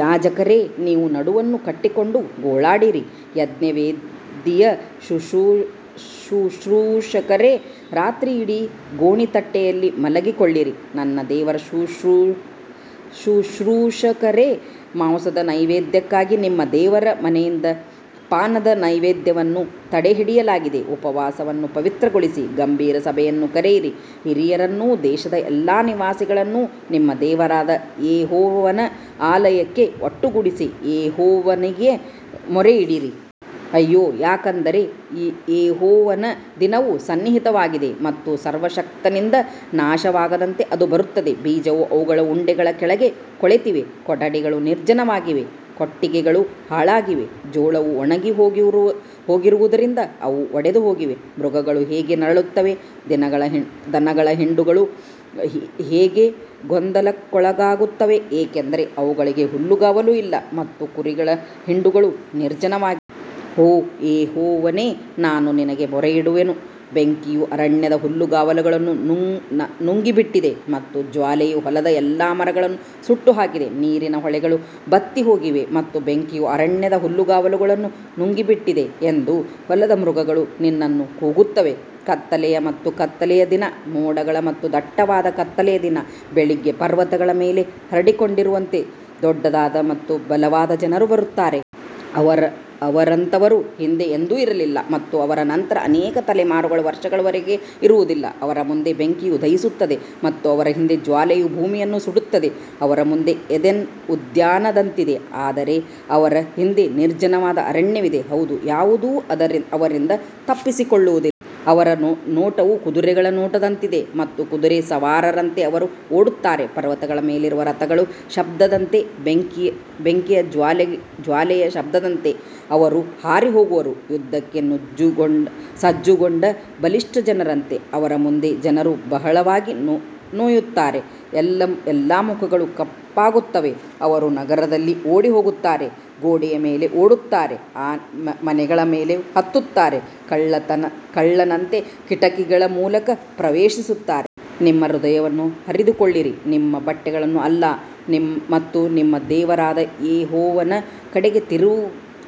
ಯಾಜಕರೇ, ನೀವು ನಡುವನ್ನು ಕಟ್ಟಿಕೊಂಡು ಗೋಳಾಡಿರಿ, ಯಜ್ಞವೇದಿಯ ಶುಶ್ರೂಷಕರೇ, ರಾತ್ರಿಯಿಡೀ ಗೋಣಿತಟ್ಟೆಯಲ್ಲಿ ಮಲಗಿಕೊಳ್ಳಿರಿ, ನನ್ನ ದೇವರ ಶುಶ್ರೂಷಕರೇ, ಮಾಂಸದ ನೈವೇದ್ಯಕ್ಕಾಗಿ ನಿಮ್ಮ ದೇವರ ಮನೆಯಿಂದ ಪಾನದ ನೈವೇದ್ಯವನ್ನು ತಡೆಹಿಡಿಯಲಾಗಿದೆ. ಉಪವಾಸವನ್ನು ಪವಿತ್ರಗೊಳಿಸಿ, ಗಂಭೀರ ಸಭೆಯನ್ನು ಕರೆಯಿರಿ, ಹಿರಿಯರನ್ನೂ ದೇಶದ ಎಲ್ಲಾ ನಿವಾಸಿಗಳನ್ನೂ ನಿಮ್ಮ ದೇವರಾದ ಯೆಹೋವನ ಆಲಯಕ್ಕೆ ಒಟ್ಟುಗೂಡಿಸಿ, ಯೆಹೋವನಿಗೆ ಮೊರೆಯಿಡಿರಿ. ಅಯ್ಯೋ, ಯಾಕಂದರೆ ಯೆಹೋವನ ದಿನವು ಸನ್ನಿಹಿತವಾಗಿದೆ ಮತ್ತು ಸರ್ವಶಕ್ತನಿಂದ ನಾಶನದಂತೆ ಅದು ಬರುತ್ತದೆ. ಬೀಜವು ಅವುಗಳ ಉಂಡೆಗಳ ಕೆಳಗೆ ಕೊಳೆತಿದೆ, ಕೊಠಡಿಗಳು ನಿರ್ಜನವಾಗಿವೆ, ಕೊಟ್ಟಿಗೆಗಳು ಹಾಳಾಗಿವೆ, ಜೋಳವು ಒಣಗಿಹೋಗಿರುವುದರಿಂದ ಅವು ಒಡೆದುಹೋಗಿವೆ. ಮೃಗಗಳು ಹೇಗೆ ನರಳುತ್ತವೆ, ದನಗಳ ಹಿಂಡುಗಳು ಹೇಗೆ ಗೊಂದಲಕ್ಕೊಳಗಾಗುತ್ತವೆ, ಏಕೆಂದರೆ ಅವುಗಳಿಗೆ ಹುಲ್ಲುಗಾವಲು ಇಲ್ಲ, ಮತ್ತು ಕುರಿಗಳ ಹಿಂಡುಗಳು ನಿರ್ಜನವಾಗಿವೆ. ಓ ಯೆಹೋವನೇ, ನಾನು ನಿನಗೆ ಮೊರೆಯಿಡುವೆನು, ಬೆಂಕಿಯು ಅರಣ್ಯದ ಹುಲ್ಲುಗಾವಲುಗಳನ್ನು ನುಂಗಿಬಿಟ್ಟಿದೆ ಮತ್ತು ಜ್ವಾಲೆಯು ಹೊಲದ ಎಲ್ಲಾ ಮರಗಳನ್ನು ಸುಟ್ಟುಹಾಕಿದೆ. ನೀರಿನ ಹೊಳೆಗಳು ಬತ್ತಿಹೋಗಿವೆ ಮತ್ತು ಬೆಂಕಿಯು ಅರಣ್ಯದ ಹುಲ್ಲುಗಾವಲುಗಳನ್ನು ನುಂಗಿಬಿಟ್ಟಿದೆ ಎಂದು ಹೊಲದ ಮೃಗಗಳು ನಿನ್ನನ್ನು ಕೂಗುತ್ತವೆ. ಕತ್ತಲೆಯ ಮತ್ತು ಕತ್ತಲೆಯ ದಿನ, ಮೋಡಗಳ ಮತ್ತು ದಟ್ಟವಾದ ಕತ್ತಲೆಯ ದಿನ, ಬೆಳಿಗ್ಗೆ ಪರ್ವತಗಳ ಮೇಲೆ ಹರಡಿಕೊಂಡಿರುವಂತೆ ದೊಡ್ಡದಾದ ಮತ್ತು ಬಲವಾದ ಜನರು ಬರುತ್ತಾರೆ. ಅವರಂತವರು ಹಿಂದೆ ಎಂದೂ ಇರಲಿಲ್ಲ ಮತ್ತು ಅವರ ನಂತರ ಅನೇಕ ತಲೆಮಾರುಗಳ ವರ್ಷಗಳವರೆಗೆ ಇರುವುದಿಲ್ಲ. ಅವರ ಮುಂದೆ ಬೆಂಕಿಯು ದಹಿಸುತ್ತದೆ ಮತ್ತು ಅವರ ಹಿಂದೆ ಜ್ವಾಲೆಯು ಭೂಮಿಯನ್ನು ಸುಡುತ್ತದೆ. ಅವರ ಮುಂದೆ ಏದೆನ್ ಉದ್ಯಾನದಂತಿದೆ, ಆದರೆ ಅವರ ಹಿಂದೆ ನಿರ್ಜನವಾದ ಅರಣ್ಯವಿದೆ, ಹೌದು, ಯಾವುದೂ ಅವರಿಂದ ತಪ್ಪಿಸಿಕೊಳ್ಳುವುದಿಲ್ಲ. ಅವರ ನೋಟವು ಕುದುರೆಗಳ ನೋಟದಂತಿದೆ ಮತ್ತು ಕುದುರೆ ಸವಾರರಂತೆ ಅವರು ಓಡುತ್ತಾರೆ. ಪರ್ವತಗಳ ಮೇಲಿರುವ ರಥಗಳ ಶಬ್ದದಂತೆ, ಬೆಂಕಿಯ ಜ್ವಾಲೆಯ ಶಬ್ದದಂತೆ ಅವರು ಹಾರಿಹೋಗುವರು, ಯುದ್ಧಕ್ಕೆ ಸಜ್ಜುಗೊಂಡ ಬಲಿಷ್ಠ ಜನರಂತೆ. ಅವರ ಮುಂದೆ ಜನರು ಬಹಳವಾಗಿ ನೋಯುತ್ತಾರೆ, ಎಲ್ಲಾ ಮುಖಗಳು ಕಪ್ಪಾಗುತ್ತವೆ. ಅವರು ನಗರದಲ್ಲಿ ಓಡಿಹೋಗುತ್ತಾರೆ, ಗೋಡೆಯ ಮೇಲೆ ಓಡುತ್ತಾರೆ, ಮನೆಗಳ ಮೇಲೆ ಹತ್ತುತ್ತಾರೆ, ಕಳ್ಳನಂತೆ ಕಿಟಕಿಗಳ ಮೂಲಕ ಪ್ರವೇಶಿಸುತ್ತಾರೆ. ನಿಮ್ಮ ಹೃದಯವನ್ನು ಹರಿದುಕೊಳ್ಳಿರಿ, ನಿಮ್ಮ ಬಟ್ಟೆಗಳನ್ನು ಅಲ್ಲ, ಮತ್ತು ನಿಮ್ಮ ದೇವರಾದ ಯೆಹೋವನ ಕಡೆಗೆ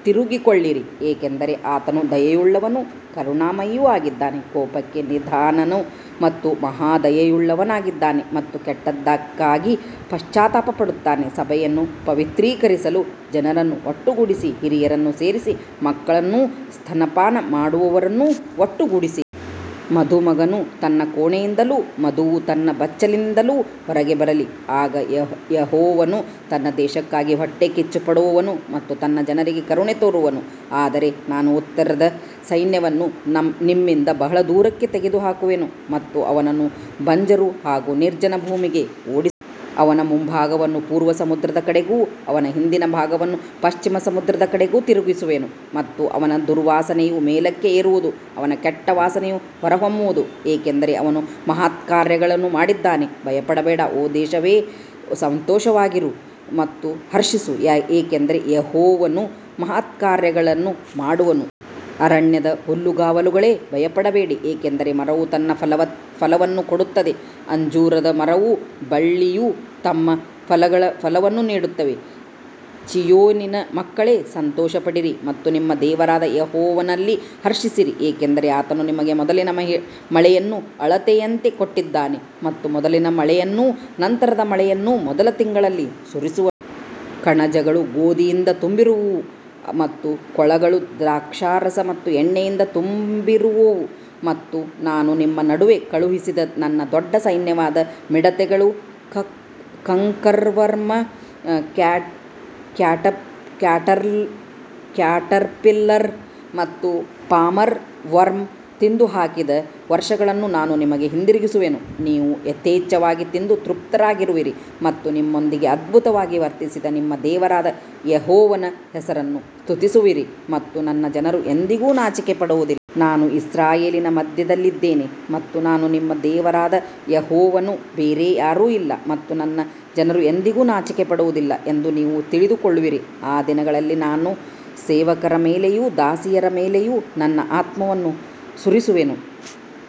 ತಿರುಗಿಕೊಳ್ಳಿರಿ, ಏಕೆಂದರೆ ಆತನು ದಯೆಯುಳ್ಳವನೂ ಕರುಣಾಮಯಿಯೂ ಆಗಿದ್ದಾನೆ, ಕೋಪಕ್ಕೆ ನಿಧಾನನು ಮತ್ತು ಮಹಾ ದಯೆಯುಳ್ಳವನಾಗಿದ್ದಾನೆ, ಮತ್ತು ಕೆಟ್ಟದ್ದಕ್ಕಾಗಿ ಪಶ್ಚಾತ್ತಾಪಪಡುತ್ತಾನೆ. ಸಭೆಯನ್ನು ಪವಿತ್ರೀಕರಿಸಲು ಜನರನ್ನು ಒಟ್ಟುಗೂಡಿಸಿ, ಹಿರಿಯರನ್ನು ಸೇರಿಸಿ, ಮಕ್ಕಳನ್ನೂ ಸ್ತನಪಾನ ಮಾಡುವವರನ್ನೂ ಒಟ್ಟುಗೂಡಿಸಿ. ಮದುಮಗನು ತನ್ನ ಕೋಣೆಯಿಂದಲೂ ವಧುವು ತನ್ನ ಬಚ್ಚಲಿನಿಂದಲೂ ಹೊರಗೆ ಬರಲಿ. ಆಗ ಯೆಹೋವನು ತನ್ನ ದೇಶಕ್ಕಾಗಿ ಹೊಟ್ಟೆಕಿಚ್ಚುಪಡುವನು ಮತ್ತು ತನ್ನ ಜನರಿಗೆ ಕರುಣೆ ತೋರುವನು. ಆದರೆ ನಾನು ಉತ್ತರದ ಸೈನ್ಯವನ್ನು ನಿಮ್ಮಿಂದ ಬಹಳ ದೂರಕ್ಕೆ ತೆಗೆದುಹಾಕುವೆನು ಮತ್ತು ಅವನನ್ನು ಬಂಜರು ಹಾಗೂ ನಿರ್ಜನ ಭೂಮಿಗೆ ಓಡಿಸುವೆನು. ಅವನ ಮುಂಭಾಗವನ್ನು ಪೂರ್ವ ಸಮುದ್ರದ ಕಡೆಗೂ ಅವನ ಹಿಂದಿನ ಭಾಗವನ್ನು ಪಶ್ಚಿಮ ಸಮುದ್ರದ ಕಡೆಗೂ ತಿರುಗಿಸುವೆನು, ಮತ್ತು ಅವನ ದುರ್ವಾಸನೆಯು ಮೇಲಕ್ಕೆ ಏರುವುದು, ಅವನ ಕೆಟ್ಟ ವಾಸನೆಯು ಹೊರಹೊಮ್ಮುವುದು, ಏಕೆಂದರೆ ಅವನು ಮಹತ್ಕಾರ್ಯಗಳನ್ನು ಮಾಡಿದ್ದಾನೆ. ಭಯಪಡಬೇಡ, ಓ ದೇಶವೇ, ಸಂತೋಷವಾಗಿರು ಮತ್ತು ಹರ್ಷಿಸು, ಏಕೆಂದರೆ ಯೆಹೋವನು ಮಹತ್ಕಾರ್ಯಗಳನ್ನು ಮಾಡುವನು. ಅರಣ್ಯದ ಹುಲ್ಲುಗಾವಲುಗಳೇ, ಭಯಪಡಬೇಡಿ, ಏಕೆಂದರೆ ಮರವು ತನ್ನ ಫಲವನ್ನು ಕೊಡುತ್ತದೆ, ಅಂಜೂರದ ಮರವೂ ಬಳ್ಳಿಯೂ ತಮ್ಮ ಫಲವನ್ನು ನೀಡುತ್ತವೆ. ಚೀಯೋನಿನ ಮಕ್ಕಳೇ, ಸಂತೋಷಪಡಿರಿ ಮತ್ತು ನಿಮ್ಮ ದೇವರಾದ ಯೆಹೋವನಲ್ಲಿ ಹರ್ಷಿಸಿರಿ, ಏಕೆಂದರೆ ಆತನು ನಿಮಗೆ ಮೊದಲಿನ ಮಳೆಯನ್ನು ಅಳತೆಯಂತೆ ಕೊಟ್ಟಿದ್ದಾನೆ ಮತ್ತು ಮೊದಲಿನ ಮಳೆಯನ್ನೂ ನಂತರದ ಮಳೆಯನ್ನೂ ಮೊದಲ ತಿಂಗಳಲ್ಲಿ ಸುರಿಸುವನು. ಕಣಜಗಳು ಗೋಧಿಯಿಂದ ತುಂಬಿರುವವು ಮತ್ತು ಕೊಳಗಳು ದ್ರಾಕ್ಷಾರಸ ಮತ್ತು ಎಣ್ಣೆಯಿಂದ ತುಂಬಿರುವವು. ಮತ್ತು ನಾನು ನಿಮ್ಮ ನಡುವೆ ಕಳುಹಿಸಿದ ನನ್ನ ದೊಡ್ಡ ಸೈನ್ಯವಾದ ಮಿಡತೆಗಳು, ಕಂಕರ್ವರ್ಮ್, ಕ್ಯಾಟರ್ಪಿಲ್ಲರ್ ಮತ್ತು ಪಾಮರ್ ವರ್ಮ್ ತಿಂದುಹಾಕಿದ ವರ್ಷಗಳನ್ನು ನಾನು ನಿಮಗೆ ಹಿಂದಿರುಗಿಸುವೆನು. ನೀವು ಯಥೇಚ್ಛವಾಗಿ ತಿಂದು ತೃಪ್ತರಾಗುವಿರಿ ಮತ್ತು ನಿಮ್ಮೊಂದಿಗೆ ಅದ್ಭುತವಾಗಿ ವರ್ತಿಸಿದ ನಿಮ್ಮ ದೇವರಾದ ಯೆಹೋವನ ಹೆಸರನ್ನು ಸ್ತುತಿಸುವಿರಿ, ಮತ್ತು ನನ್ನ ಜನರು ಎಂದಿಗೂ ನಾಚಿಕೆಪಡುವುದಿಲ್ಲ. ನಾನು ಇಸ್ರಾಯೇಲಿನ ಮಧ್ಯದಲ್ಲಿದ್ದೇನೆ ಮತ್ತು ನಾನು ನಿಮ್ಮ ದೇವರಾದ ಯೆಹೋವನು, ಬೇರೆ ಯಾರೂ ಇಲ್ಲ, ಮತ್ತು ನನ್ನ ಜನರು ಎಂದಿಗೂ ನಾಚಿಕೆಪಡುವುದಿಲ್ಲ ಎಂದು ನೀವು ತಿಳಿದುಕೊಳ್ಳುವಿರಿ. ಆ ದಿನಗಳಲ್ಲಿ ನಾನು ಸೇವಕರ ಮೇಲೆಯೂ ದಾಸಿಯರ ಮೇಲೆಯೂ ನನ್ನ ಆತ್ಮವನ್ನು ಸುರಿಸುವೆನು.